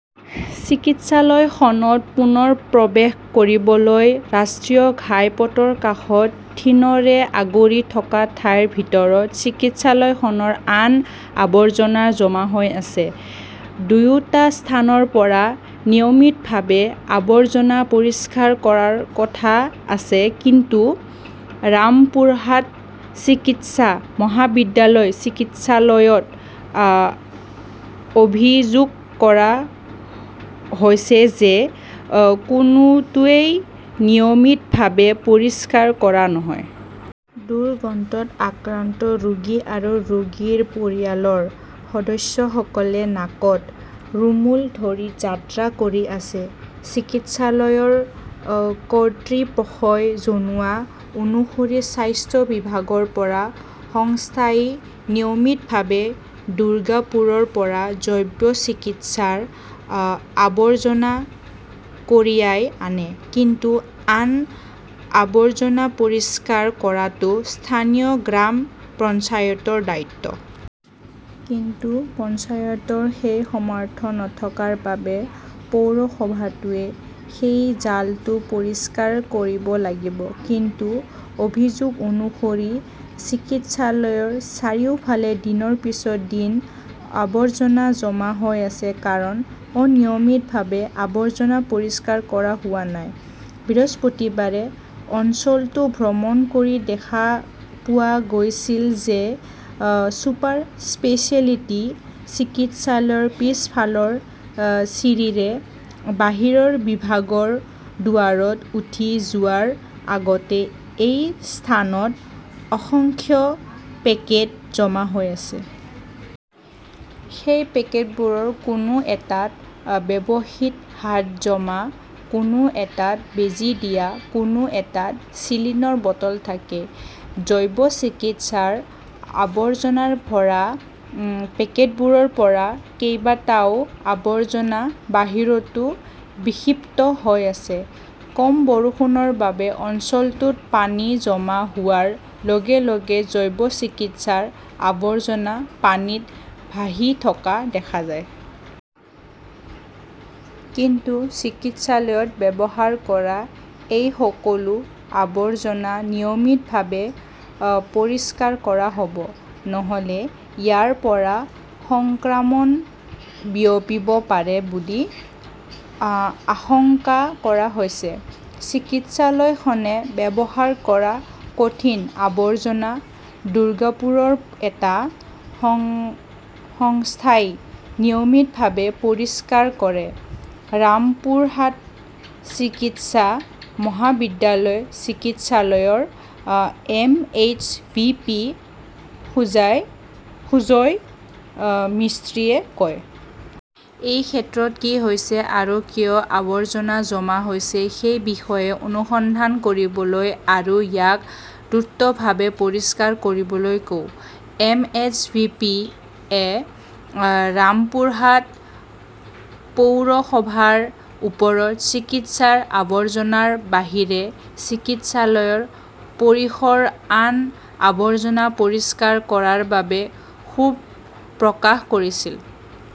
চিকিৎসালয়খনত পুনৰ প্ৰৱেশ কৰিবলৈ ৰাষ্ট্ৰীয় ঘাইপথৰ কাষত থিনৰে আগুৰি থকা ঠাইৰ ভিতৰত চিকিৎসালয়খনৰ আন আৱৰ্জনা জমা হৈ আছে। দুয়োটা স্থানৰ পৰা নিয়মিতভাৱে আৱৰ্জনা পৰিষ্কাৰ কৰাৰ কথা আছে। কিন্তু ৰামপুৰহাট চিকিৎসা মহাবিদ্যালয় চিকিৎসালয়ত আ', অভিযোগ কৰা হৈছে যে অ', কোনোটোৱেই নিয়মীয়াভাৱে পৰিষ্কাৰ কৰা নহয়। দুৰ্গন্ধত আক্ৰান্ত ৰোগী আৰু ৰোগীৰ পৰিয়ালৰ সদস্যসকলে নাকত ৰুমুল ধৰি যাত্ৰা কৰি আছে। চিকিৎসালয়ৰ কৰ্তৃপক্ষই জনোৱা অনুসৰি স্বাস্থ্য বিভাগৰ পৰা সংস্থাই নিয়মিতভাৱে দুৰ্গাপুৰৰ পৰা জৈৱ চিকিৎসাৰ আৱৰ্জনা কঢ়িয়াই আনে। কিন্তু আন অ', আৱৰ্জনা পৰিষ্কাৰ কৰাটো স্থানীয় গ্ৰাম পঞ্চায়তৰ দায়িত্ব। কিন্তু পঞ্চায়তৰ সেই সমাৰ্থ নথকাৰ বাবে পৌৰসভাটোৱে সেই জালটো পৰিষ্কাৰ কৰিব লাগিব। কিন্তু অভিযোগ অনুসৰি চিকিৎসালয়ৰ চাৰিওফালে দিনৰ পিছত দিন আৱৰ্জনা জমা হৈ আছে কাৰণ অনিয়মিতভাৱে আৱৰ্জনা পৰিষ্কাৰ কৰা হোৱা নাই। বৃহস্পতিবাৰে অঞ্চলটো ভ্ৰমণ কৰি দেখা পোৱা গৈছিল যে অ', ছুপাৰ স্পেচিয়েলিটি চিকিৎসালয়ৰ পিছফালৰ অ', চিৰিৰে বাহিৰৰ বিভাগৰ দুৱাৰত উঠি যোৱাৰ আগতে এই স্থানত অসংখ্য পেকেট জমা হৈ আছে। সেই পেকেটবোৰৰ কোনো এটাত ব্যৱহৃত হাতজমা, কোনো এটাত বেজী দিয়া, কোনো এটাত চিলিনৰ বটল থাকে। জৈৱ চিকিৎসাৰ আৱৰ্জনাৰ ভৰা পেকেটবোৰৰ পৰা কেইবাটাও আৱৰ্জনা বাহিৰতো বিক্ষিপ্ত হৈ আছে। কম বৰষুণৰ বাবে অঞ্চলটোত পানী জমা হোৱাৰ লগে-লগে জৈৱ চিকিৎসাৰ আৱৰ্জনা পানীত ভাহি থকা দেখা যায়। কিন্তু চিকিৎসালয়ত ব্যৱহাৰ কৰা এই সকলো আৱৰ্জনা নিয়মিতভাৱে অ', পৰিষ্কাৰ কৰা হব। নহলে ইয়াৰ পৰা সংক্ৰামণ বিয়পিব পাৰে বুলি আ-আশংকা কৰা হৈছে। চিকিৎসালয়খনে ব্যৱহাৰ কৰা কঠিন আৱৰ্জনা দুৰ্গাপুৰৰ এটা সং-সংস্থাই নিয়মীতভাৱে পৰিষ্কাৰ কৰে, ৰামপুৰহাট চিকিৎসা মহাবিদ্যালয় চিকিৎসালয়ৰ এমএছপিপি সুজায় সুজয় অ', মিস্ত্ৰীয়ে কয়। এই ক্ষেত্ৰত কি হৈছে, আৰু কিয় আৱৰ্জনা জমা হৈছে সেই বিষয়ে অনুসন্ধান কৰিবলৈ আৰু ইয়াক দ্ৰুতভাৱে পৰিষ্কাৰ কৰিবলৈ কওঁ। এম. এছ. পি. পি. -য়ে ৰামপুৰহাট পৌৰসভাৰ ওপৰত চিকিৎসাৰ আৱৰ্জনাৰ বাহিৰে চিকিৎসালয়ৰ পৰিসৰ আন আৱৰ্জনা পৰিষ্কাৰ কৰাৰ বাবে ক্ষোভ প্ৰকাশ কৰিছিল।